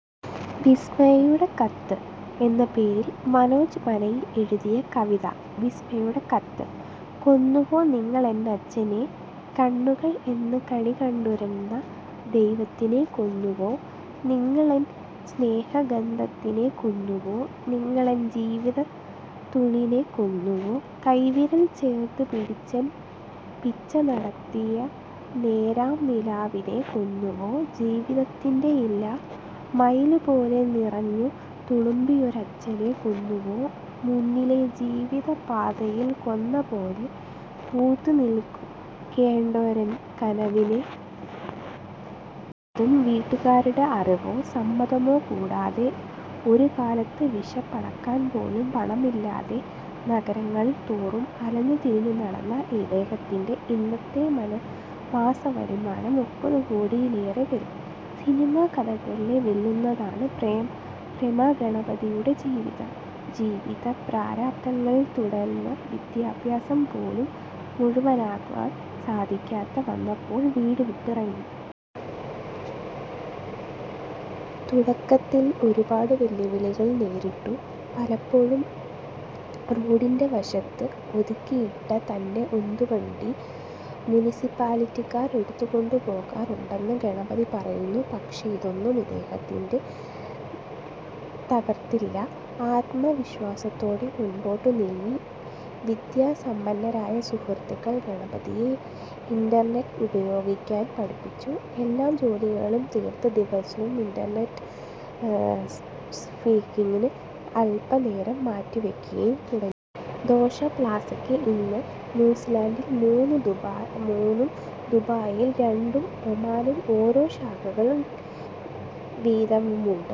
' വിസ്മയയുടെ കത്ത് ' എന്ന പേരില് മനോജ് മനയില് എഴുതിയ കവിത വിസ്മയയുടെ കത്ത് കൊന്നുവോ നിങ്ങളെന്നച്ഛനെ, കണ്ണുകള് എന്നും കണികണ്ടൊരെന്റെ ദൈവത്തിനെ. കൊന്നുവോ നിങ്ങളെന് സ്നേഹഗന്ധത്തിനെ, കൊന്നുവോ നിങ്ങളെന് ജീവിതത്തൂണിനെ. കൊന്നുവോ, കൈവിരല് ചേര്ത്തു പിടിച്ചെന്നെ പിച്ചനടത്തിയ നേരാം നിലാവിനെ. കൊന്നുവോ, ജീവിതത്തിന്റെയില്ലായ്മയില് പോലും നിറഞ്ഞു തുളുമ്പിയോരച്ഛനെ. കൊന്നുവോ, മുന്നിലെ ജീവിതപ്പാതയില് കൊന്നപോല് പൂത്തു നില്ക്കേണ്ടൊരെന് കനവിനെ. അതും വീട്ടുകാരുടെ അറിവോ സമ്മതമോ കൂടാതെ. ഒരുകാലത്ത് വിശപ്പടക്കാന് പോലും പണമില്ലാതെ നഗരങ്ങള് തോറും അലഞ്ഞു തിരിഞ്ഞു നടന്ന ഇദ്ദേഹത്തിന്റെ ഇന്നത്തെ മാസവരുമാനം മുപ്പത് കോടിയിലേറെ വരും. സിനിമാക്കഥകളെ വെല്ലുന്നതാണ് പ്രേമ ഗണപതിയുടെ ജീവിതം. ജീവിത പ്രാരാബ്ധങ്ങളെ തുടര്ന്ന് വിദ്യാഭ്യാസം പോലും മുഴുവനാകാന് സാധിക്കാതെ വന്നപ്പോള് വീടു വിട്ടിറങ്ങി. തുടക്കത്തില് ഒരുപാട് വെല്ലുവിളികള് നേരിട്ടു. പലപ്പോഴും റോഡിന്റെ വശത്ത് ഒതുക്കിയിട്ട തന്റെ ഉന്തുവണ്ടി മുനിസിപ്പാലിറ്റിക്കാർ എടുത്തു കൊണ്ടുപോകാറുണ്ടെന്ന് ഗണപതി പറയുന്നു. പക്ഷെ ഇതൊന്നും ഇദ്ദേഹത്തെ തകര്ത്തില്ല. ആത്മ വിശ്വാസത്തോടെ മുന്പോട്ട് നീങ്ങി. വിദ്യാസമ്പന്നരായ സുഹൃത്തുക്കള് ഗണപതിയെ ഇന്റര്നെറ്റ് ഉപേയോഗിക്കാന് പഠിപ്പിച്ചു. എല്ലാ ജോലികളും തീര്ത്ത് ദിവസവും ഇന്റര്നെറ്റ് സര്ഫിങ്ങിന് അല്പ്പനേരം മാറ്റിവയ്ക്കാന് തുടങ്ങി. ദോശ പ്ലാസക്ക് ഇന്ന് ന്യൂസീലൻഡിൽ മൂന്നും ദുബായില് രണ്ടും ഒമാനില് ഓരോ ശാഖകള് വീതവുമുണ്ട്.